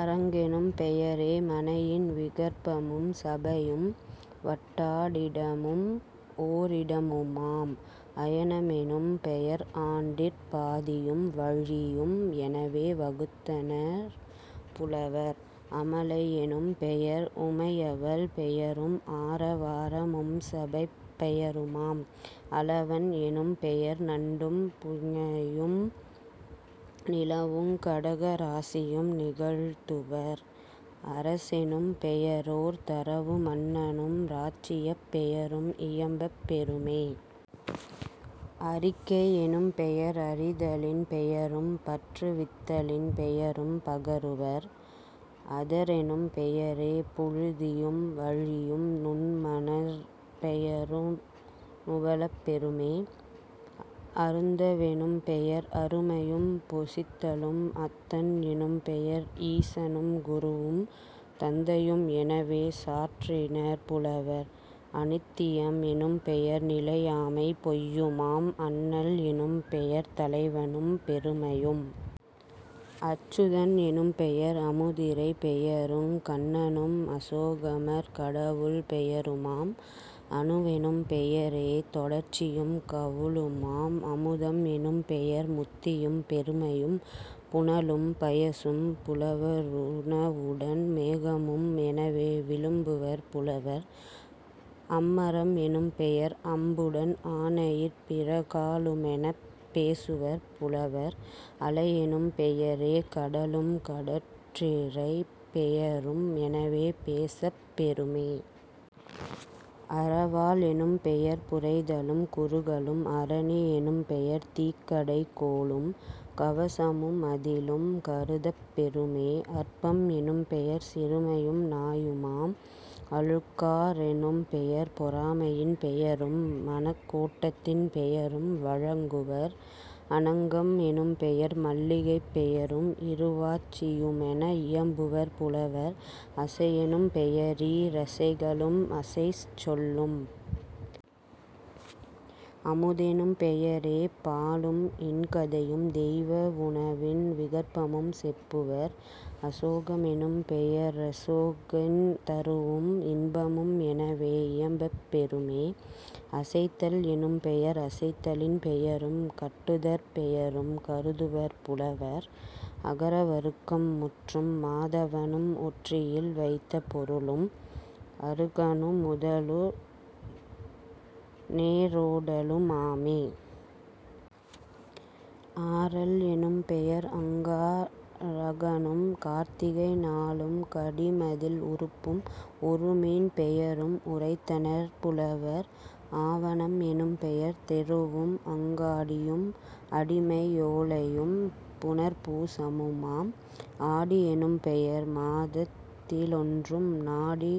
அரங்கெனும் பெயரே மனையின் விகற்பமும் சபையும் வட்டா டிடமும்ஓ ரிடமுமாம்..... அயன மெனும்பெயர் ஆண்டிற் பாதியும் வழியும் எனவே வகுத்தனர் புலவர்..... அமலை யெனும்பெயர் உமையவள் பெயரும் ஆர வார மும்சபைப் பெயருமாம்..... அலவன் எனும்பெயர் நண்டும் பூஞையும் நிலவுங் கடக ராசியும் நிகழ்த்துவர்..... அரசெனும் பெயரோர் தருவு மன்னனும் ராச்சியப் பெயரும் இயம்பப் பெறுமே..... அறிக்கை எனும்பெயர் அறிதலின் பெயரும் பற்று வித்தலின் பெயரும் பகருவர்..... அதரெனும் பெயரே புழுதியும் வழியும் நுண்மணற் பெயரு நுவலப் பெறுமே..... அருந்த வெனும்பெயர் அருமையும் பொசித்தலும்..... அத்தன் எனும்பெயர் ஈசனும் குருவும் தந்தையும் எனவே சாற்றினர் புலவர்..... அனித்தியம் எனும்பெயர் நிலையாமை பொய்யுமாம்..... அண்ணல் எனும்பெயர் தலைவனும் பெருமையும்..... அச்சுதன் எனும்பெயர் அமுதிறை பெயருங் கண்ணனும் அசோகமர் கடவுள் பெயருமாம்..... அனுவெனும் பெயரே தொடர்ச்சியும் கவுளுமாம்..... அமுதம் எனும்பெயர் முத்தியும் பெருமையும் புனலும் பயசும் புலவ ருணவுடன் மேகமும் எனவே விளம்புவர் புலவர்..... அம்பரம் எனும்பெயர் அம்புடன் ஆனையிற் பிறகா லுமெனப் பேசுவர் புலவர்..... அலையெனும் பெயரே கடலும் கடற்றிரைப் பெயரும் எனவே பேசப் பெறுமே..... அராவல் எனும்பெயர் புரைதலும் குறுகலும்..... அரணி யெனும்பெயர் தீக்கடை கோலும் கவசமு மதிலும் கருதப் பெறுமே..... அற்பம் எனும்பெயர் சிறுமையும் நாயுமாம்..... அழுக்கா றெனும்பெயர் பொறாமையின் பெயரும் மனக்கோட் டத்தின் பெயரும் வழங்குவர்..... அனங்கம் எனும்பெயர் மல்லிகைப் பெயரும் இருவாட் சியுமென இயம்புவர் புலவர்..... அசையெனும் பெயரீ ரசைகளும் அசைச்சொல்லும்..... அமுதெனும் பெயரே பாலும் இன்கதையும் தெய்வ வுணவின் விகற்பமும் செப்புவர்..... அசோக மெனும்பெய ரசோகின் தருவும் இன்பமும் எனவே இயம்பப் பெறுமே..... அசைத்தல் எனும் பெயர் அசைத்தலின் பெயரும் கட்டுதற் பெயரும் கருதுவர் புலவர்..... அகர வருக்கம் முற்றும். மாதவனும் ஒற்றியில் வைத்த பொருளும் அருகனு முதலு நேரோடலு மாமே..... ஆரல் எனும்பெயர் அங்கா ரகனும் கார்த்திகை நாளும் கடிமதில் உறுப்பும் ஒருமீன் பெயரும் உரைத்தனர் புலவர்..... ஆவணம் எனும்பெயர் தெருவும் அங்காடியும் அடிமை யோலையும் புனர்பூ சமுமாம்..... ஆடி யெனும்பெயர் மாதத்தி லொன்றும் நாடி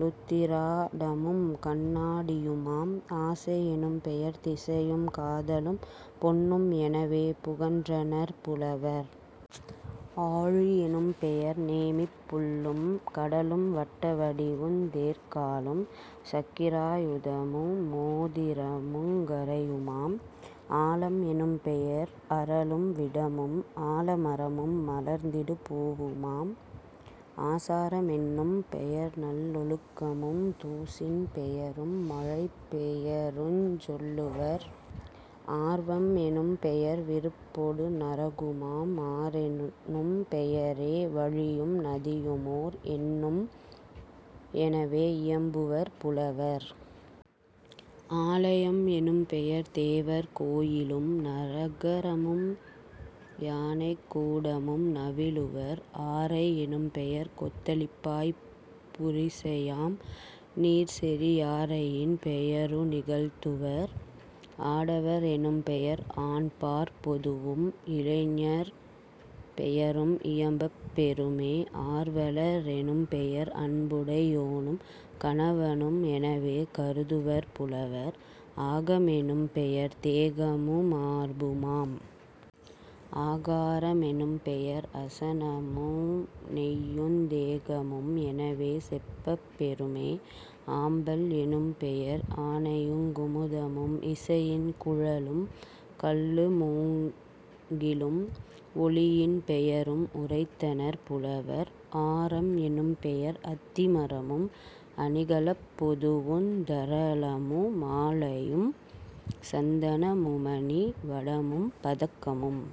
லுத்திராடமும் கண்ணா டியுமாம்..... ஆசை யெனும்பெயர் திசையும் காதலும் பொன்னும் எனவே புகன்றனர் புலவர்..... ஆழி யெனும்பெயர் நேமிப் புள்ளும் கடலும் வட்ட வடிவுந் தேர்க்காலும் சக்கிரா யுதமு மோதிரமுங் கரையுமாம்..... ஆலம் எனும்பெயர் அறலும் விடமும் ஆல மரமும் மலர்ந்திடு பூவுமாம்..... ஆசார மென்னும் பெயர்நல் லொழுக்கமும் தூசின் பெயரும் மழைப்பெயருஞ் சொல்லுவர்..... ஆர்வம் எனும்பெயர் விருப்பொடு நரகுமாம்..... ஆறெனும் பெயரே வழியும் நதியுமோர் எண்ணும் எனவே இயம்புவர் புலவர்..... ஆலையம் எனும்பெயர் தேவர் கோயிலும் நகரமும் யானைக் கூடமும் நவிலுவர்..... ஆரை எனும்பெயர் கொத்தளிப்பாய் புரிசையாம் நீர்செறி யாரையின் பெயரு நிகழ்த்துவர்..... ஆடவர் எனும்பெயர் ஆண்பாற் பொதுவும் இளைஞர் பெயரும் இயம்பப் பெறுமே..... ஆர்வல ரெனும்பெயர் அன்புடை யோனும் கணவனும் எனவே கருதுவர் புலவர்..... ஆக மெனும்பெயர் தேகமு மார்புமாம்.....। ஆகார மெனும்பெயர் அசனமு நெய்யுந் தேகமும் எனவே செப்பப் பெறுமே..... ஆம்பல் எனும்பெயர் ஆனையுங் குமுதமும் இசையின் குழலும் கள்ளு மூங்கிலும் ஒலியின் பெயரும் உரைத்தனர் புலவர்..... ஆரம் எனும்பெயர் அத்தி மரமும் அணிகலப் பொதுவுந் தரளமு மாலையும் சந்தன முமணி வடமும் பதக்கமும்.